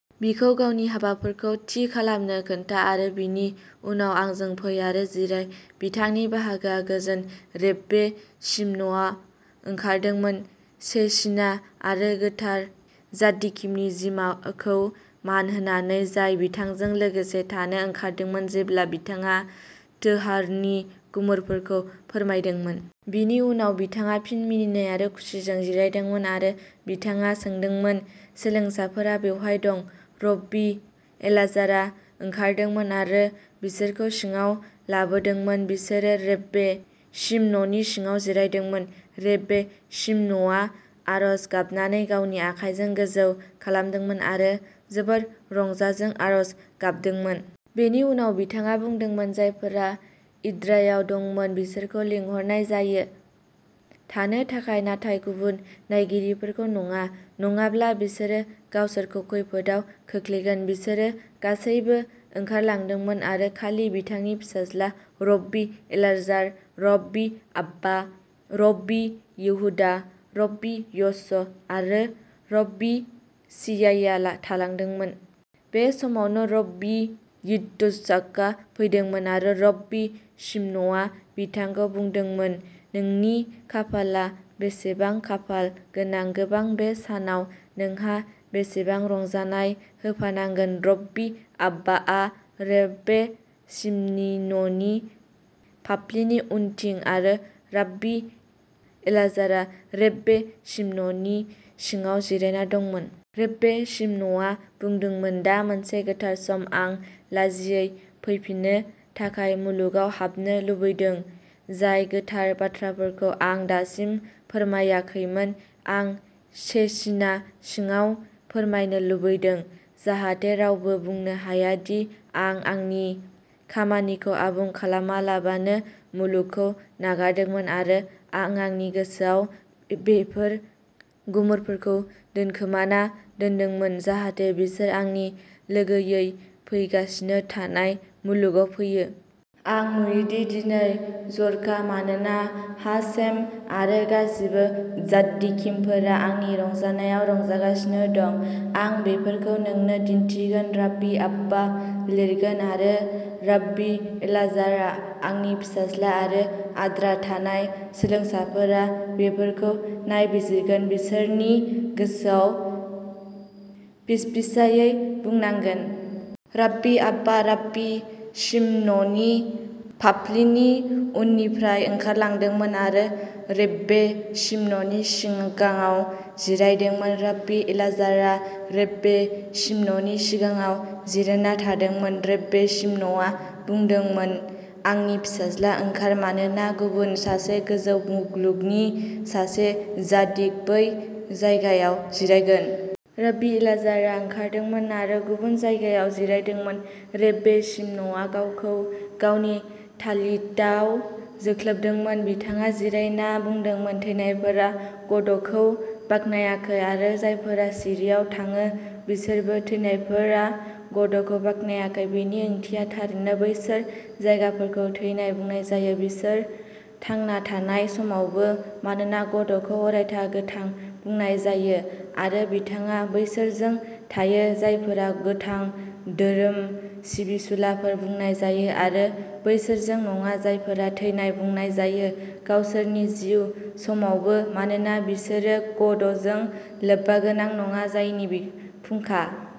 बिखौ गावनि हाबाफोरखौ थि खालामनो खोन्था आरो बिनि उनाव आंजों फै आरो जिराय। बिथांनि बाहागोआ गोजोन, रेब्बे शिम'नआ ओंखारदोंमोन शेचिना आरो गोथार जादिकिमनि जिउमाखौ मान होनानै जाय बिथांजों लोगोसे थानो ओंखारदोंमोन जेब्ला बिथाङा तोराहनि गुमुरफोरखौ फोरमायदोंमोन। बिनि उनाव बिथाङा फिन मिनिनाय आरो खुसिजों जिरायदोंमोन आरो बिथाङा सोंदोंमोन, सोलोंसाफोरा बबेहाय दं? रब्बी एलाजारआ ओंखारदोंमोन आरो बिसोरखौ सिङाव लाबोदोंमोन। बिसोरो रेब्बे शिम'ननि सिगाङाव जिरायदोंमोन। रेब्बे शिम'नआ आर'ज गाबनानै गावनि आखाइखौ गोजौ खालामदोंमोन आरो जोबोद रंजाजों आर'ज गाबदोंमोन। बेनि उनाव बिथाङा बुंदोंमोन, जायफोरा इद्रायाव दंमोन बिसोरखौ लिंहरनाय जायो थानो थाखाय, नाथाय गुबुन नायगिरिफोरखौ नङा, नङाब्ला बिसोरो गावसोरखौ खैफोदआव खोख्लैगोन। बिसोरो गासैबो ओंखारलांदोंमोन आरो खालि बिथांनि फिसाज्ला रब्बी एलाजार, रब्बी आब्बा, रब्बी येहुदा, रब्बी य'स आरो रब्बी चियाया थालांदोंमोन। बे समावनो, रब्बी यित्जचाकआ फैदोंमोन, आरो रब्बी शिम'नआ बिथांखौ बुंदोंमोन, नोंनि खाफालआ बेसेबां खाफाल गोनां गोबां बे सानाव नोंहा बेसेबां रंजानाय होफानांगोन राब्बी आब्बाआ रेब्बे शिमननि फाफ्लिनि उनथिं आरो राब्बी एलाजारआ रेब्बे शिमननि सिगाङाव जिरायना दंमोन। रेब्बे शिम'नआ बुंदोंमोन, दा मोनसे गोथार सम। आं लाजियै फैफिननो थाखाय मुलुगाव हाबनो लुबैदों। जाय गोथार बाथ्राफोरखौ आं दासिम फोरमायाखैमोन, आं शेचिना सिगाङाव फोरमायनो लुबैदों, जाहाथे रावबो बुंनो हाया दि आं आंनि खामानिखौ आबुं खालामालाबानो मुलुगखौ नागारदोंमोन आरो आं आंनि गोसोआव बेफोर गुमुरफोरखौ दोनखोमाना दोनदोंमोन, जाहाथे बिसोर आंनि लोगोयै फैगासिनो थानाय मुलुगाव फैयो। आं नुयोदि दिनै जर'खा, मानोना हाशेम आरो गासिबो जाद्दिकिमफोरा आंनि रंजानायाव रंजागासिनो दं। आं बेफोरखौ नोंनो दिन्थिगोन; राब्बी आब्बा लिरगोन, आरो राब्बी एलाजारआ आंनि फिसाज्ला, आरो आद्रा थानाय सोलोंसाफोरा बेफोरखौ नायबिजिरगोन। बिसोरनि गोसोआव फिसफिसायै बुंनांगोन। राब्बी आब्बा राब्बी शिमननि फाफ्लिनि उननिफ्राय ओंखारलांदोंमोन आरो रेब्बे शिमननि सिगाङाव जिरायदोंमोन। राब्बी एलाजारआ रेब्बे शिमननि सिगाङाव जिरायना थादोंमोन। रेब्बे शिम'नआ बुंदोंमोन, आंनि फिसाज्ला, ओंखार, मानोना गुबुन सासे गोजौ मुलुगनि सासे जादिक बै जायगायाव जिरायगोन। राब्बी एलाजारआ ओंखारदोंमोन आरो गुबुन जायगायाव जिरायदोंमोन। रेब्बे शिम'नआ गावखौ गावनि तालितआव जोख्लोबदोंमोन। बिथाङा जिरायना बुंदोंमोन थैनायफोरा गदखौ बाख्नायाखै आरो जायफोरा सिरिआव थाङो बिसोरबो। थैनायफोरा ग-दखौ बाख्नायाखै बेनि ओंथिया थारैनो बैसोर जायफोरखौ थैनाय बुंनाय जायो बिसोर थांना थानाय समावबो, मानोना ग-दखौ अरायथा गोथां बुंनाय जायो आरो बिथाङा बैसोरजों थायो जायफोरा'गोथां'धोरोम सिबिसुलाफोर बुंनाय जायो आरो बैसोरजों नङा जायफोरा 'थैनाय' बुंनाय जायो गावसोरनि जिउ समावबो, मानोना बिसोरो ग-दजों लोब्बागोनां नङा, जायनि बि फुंखा।